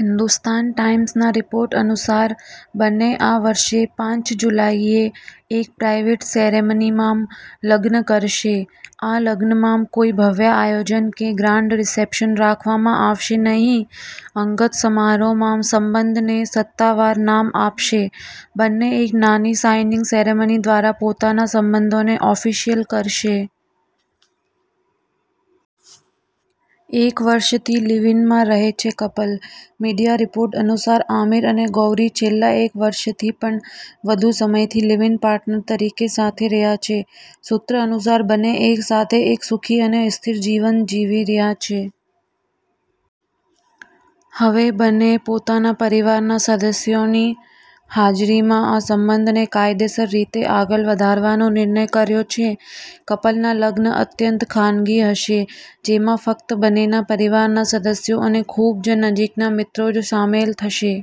હિન્દુસ્તાન ટાઈમ્સ'ના રિપોર્ટ અનુસાર, બંને આ વર્ષે પાંચ જુલાઈએ એક પ્રાઈવેટ સેરેમનીમાં લગ્ન કરશે. આ લગ્નમાં કોઈ ભવ્ય આયોજન કે ગ્રાન્ડ રિસેપ્શન રાખવામાં આવશે નહીં. અંગત સમારોહમાં સંબંધને સત્તાવાર નામ આપશે. બંને એક નાની સાઈનિંગ સેરેમની દ્વારા પોતાના સંબંધોને ઓફિશિયલ કરશે. એક વર્ષથી લિવ-ઇનમાં રહે છે કપલ. મીડિયા રિપોર્ટ અનુસાર, આમિર અને ગૌરી છેલ્લા એક વર્ષથી પણ વધુ સમયથી લિવ-ઇન પાર્ટનર તરીકે સાથે રહ્યા છે. સૂત્રો અનુસાર, બંને એક સાથે એક સુખી અને સ્થિર જીવન જીવી રહ્યા છે. હવે બંનેએ પોતાના પરિવારના સદસ્યની હાજરીમાં આ સંબંધને કાયદેસર રીતે આગળ વધારવાનો નિર્ણય કર્યો છે. કપલના લગ્ન અત્યંત ખાનગી હશે, જેમાં ફક્ત બંનેના પરિવારના સભ્યો અને ખૂબ જ નજીકના મિત્રો જ સામેલ થશે.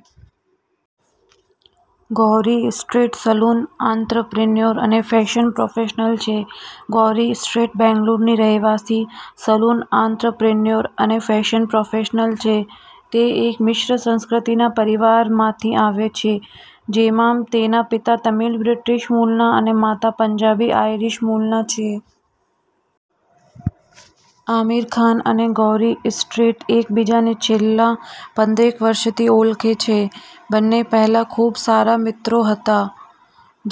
ગૌરી સ્પ્રેટ સલૂન આંત્રપ્રિન્યોર અને ફેશન પ્રોફેશનલ છે. ગૌરી સ્પ્રેટ બેંગલુરુની રહેવાસી, સલૂન આંત્રપ્રિન્યોર, અને ફેશન પ્રોફેશનલ છે. તે એક મિશ્ર સંસ્કૃતિના પરિવારમાંથી આવે છે, જેમાં તેના પિતા તમિલ-બ્રિટિશ મૂળના અને માતા પંજાબી-આઇરિશ મૂળના છે. આમિર ખાન અને ગૌરી સ્પ્રેટ એકબીજાને છેલ્લા પચ્ચીસ વર્ષથી ઓળખે છે. બંને પહેલા ખૂબ સારા મિત્રો હતા,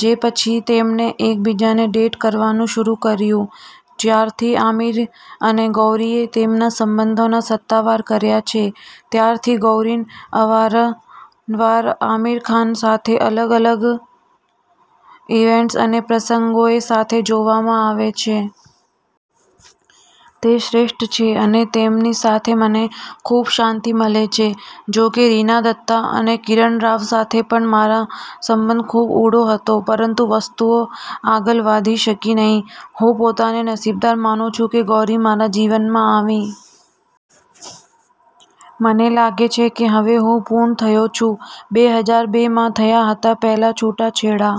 જે પછી તેમણે એકબીજાને ડેટ કરવાનું શરૂ કર્યું. જ્યારથી આમિર અને ગૌરીએ તેમના સંબંધોને સત્તાવાર કર્યા છે, ત્યારથી ગૌરીને અવારનવાર આમિર ખાન સાથે અલગ-અલગ ઇવેન્ટ્સ અને પ્રસંગોએ સાથે જોવામાં આવે છે. તે શ્રેષ્ઠ છે અને તેમની સાથે મને ખૂબ શાંતિ મળે છે. જોકે, રીના દત્તા અને કિરણ રાવ સાથે પણ મારો સંબંધ ખૂબ ઊંડો હતો, પરંતુ વસ્તુઓ આગળ વધી શકી નહીં. હું પોતાને નસીબદાર માનું છું કે ગૌરી મારા જીવનમાં આવી. મને લાગે છે કે હવે હું પૂર્ણ થયો છું." બે હજાર બે માં થયા હતા પહેલા છૂટાછેડા.